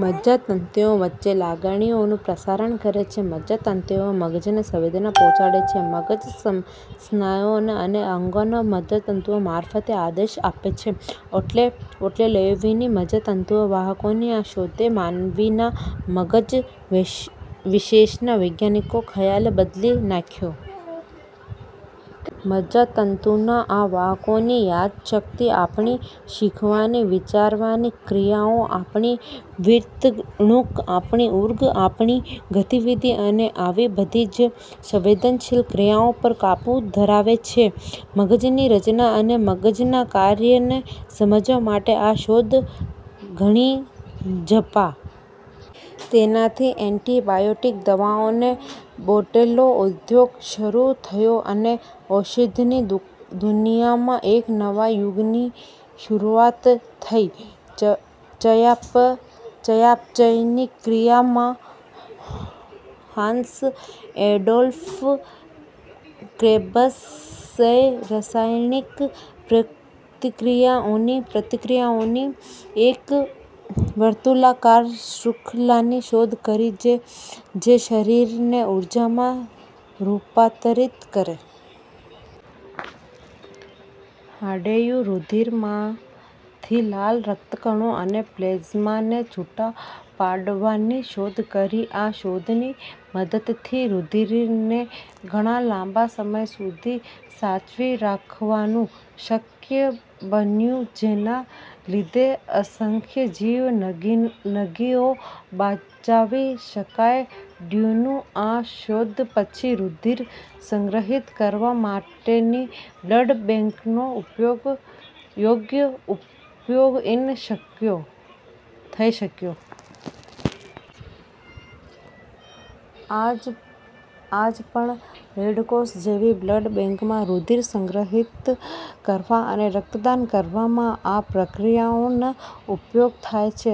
મજજા તંતુઓ વચ્ચે લાગણીઓનું પ્રસારણ કરે છે. મજજાતંતુઓ મગજને સંવેદના પહોંચાડે છે. મગજ સ્નાયુઓ અને અંગોને મજ્જાતંતુ મારફતે આદેશ આપે છે. ઓટ્ટો લોએવીની મજજાતંતુના વાહકોની આ શોધે માનવીના મગજ વિષેના વૈજ્ઞાનિકોના ખ્યાલને બદલી નાંખ્યો. મજ્જાતંતુના આ વાહકો યાદશક્તિ, આપણી શીખવાની, વિચારવાની ક્રિયાઓ, આપણી વર્તણુક, આપણી ઊંઘ, આપણી ગતિવિધિ અને આવી બધી જ સંવેદનશીલ ક્રિયાઓ પર કાબુ ધરાવે છે. મગજની રચના અને મગજના કાર્યને સમજવા માટે આ શોધ ઘણી જ પાયારૂપ બની. તેનાથી એન્ટિબાયોટિક દવાઓનો બહોળો ઉદ્યોગ શરુ થયો અને ઔષધની દુનિયામાં એક નવા યુગની શરૂઆત થઇ. ચયાપચયની ક્રિયા માં હાન્સ એડોલ્ફ ક્રેબ્સએ રસાયણિક પ્રતિક્રિયાઓની એક વર્તુળાકાર શ્રુંખલાની શોધ કરી જે શર્કરાને ઊર્જામાં રૂપાંતરિત કરે છે અને ચયાપચયની ક્રિયામાં મદદરૂપ થાય છે. ડ્રયુએ, રુધિરમાંથી લાલ રક્તકણો અને પ્લેઝમાને છુટા પાડવાની શોધ કરી. આ શોધની મદદથી રુધિરને ઘણા લાંબા સમય સુધી સાચવી રાખવાનું શક્ય બન્યું જેના લીધે અસંખ્ય જીન્દગીઓ બચાવી શકાઇ. ડ્રયુની આ શોધ પછી રુધિર સંગ્રહિત કરવા માટેની બ્લડ બેંકનો યોગ્ય ઉપયોગ થઇ શક્યો. આજે પણ રેડક્રોસ જેવી બ્લડ બેંકમાં રુધિર સંગ્રહિત કરવા અને રક્તદાન કરવામાં આ પ્રક્રિયાનો ઉપયોગ થાય છે.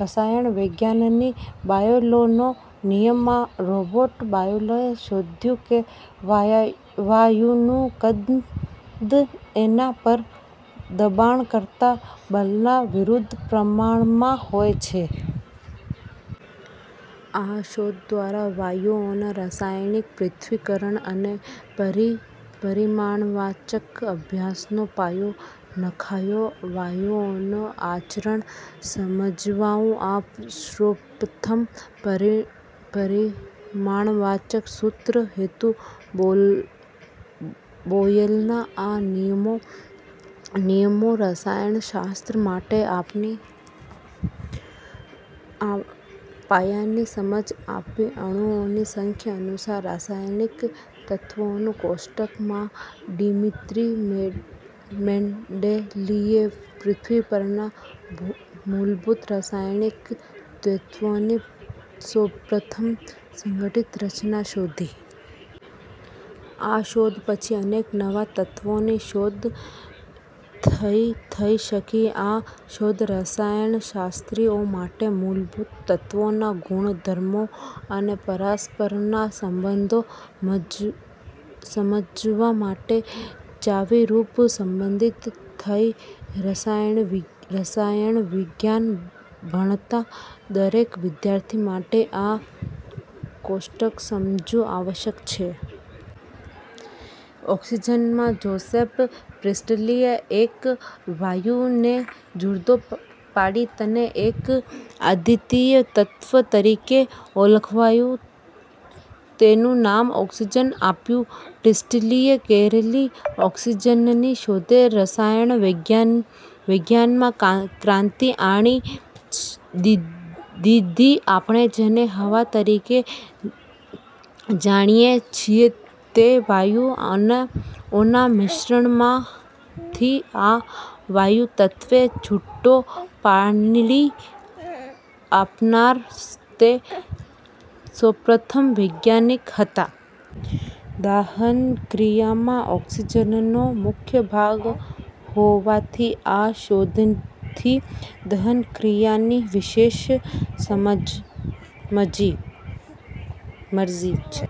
રસાયણ વિજ્ઞાનની બોયલનો નિયમ માં રોબર્ટ બોયલએ શોધ્યું કે વાયુનું કદ એના પર દબાણ કરતા બળના વિરુદ્ધ પ્રમાણમાં હોય છે. આ શોધ દ્વારા વાયુઓના રસાયણિક પૃથક્કરણ અને પરિમાણવાચક અભ્યાસનો પાયો નંખાયો. વાયુઓનું આચરણ સમજાવતું આ સૌપ્રથમ પરિમાણવાચક સૂત્ર હતું. બોયલના આ નિયમે રસાયણશાસ્ત્ર માટે પાયાની સમજ આપી. અણુઓની સંખ્યા અનુસાર રસાયણિક તત્વોનું કોષ્ટક માં ડીમીત્રી મેન્ડેલીયેવએ પૃથ્વી પરના મૂળભૂત રસાયણિક તત્વોની સૌપ્રથમ સંઘટિત રચના શોધી. આ શોધ પછી અનેક નવા તત્વોની શોધ થઇ શકી. આ શોધ રસાયણશાસ્ત્રીઓ માટે મૂળભૂત તત્વોના ગુણધર્મો અને પરસ્પરના સંબંધો સમજવા માટે ચાવીરૂપ સાબિત થઇ. રસાયણવિજ્ઞાન ભણતા દરેક વિદ્યાર્થી માટે આ કોષ્ટક સમજવું આવશ્યક છે. ઓકસીજન માં જોસેફ પ્રિસ્ટલીએ એક વાયુને જુદો પાડી તેને એક અદ્વિતીય તત્વ તરીકે ઓળખાવ્યો. તેનું નામ ઓકસીજન આપ્યું. પ્રિસ્ટલીએ કરેલી ઓકસીજનની શોધે રસાયણ વિજ્ઞાનમાં ક્રાંતિ આણી દીધી. આપણે જેને "હવા" તરીકે જાણીએ છીએ તે વાયુઓના મિશ્રણમાંથી આ વાયુ તત્વને છૂટો પાડી આપનાર તે સૌપ્રથમ વૈજ્ઞાનિક હતા. દહનક્રિયામાં ઓકસીજનનો મુખ્ય ભાગ હોવાથી આ શોધથી દહનક્રિયાની વિશેષ સમજ મળી.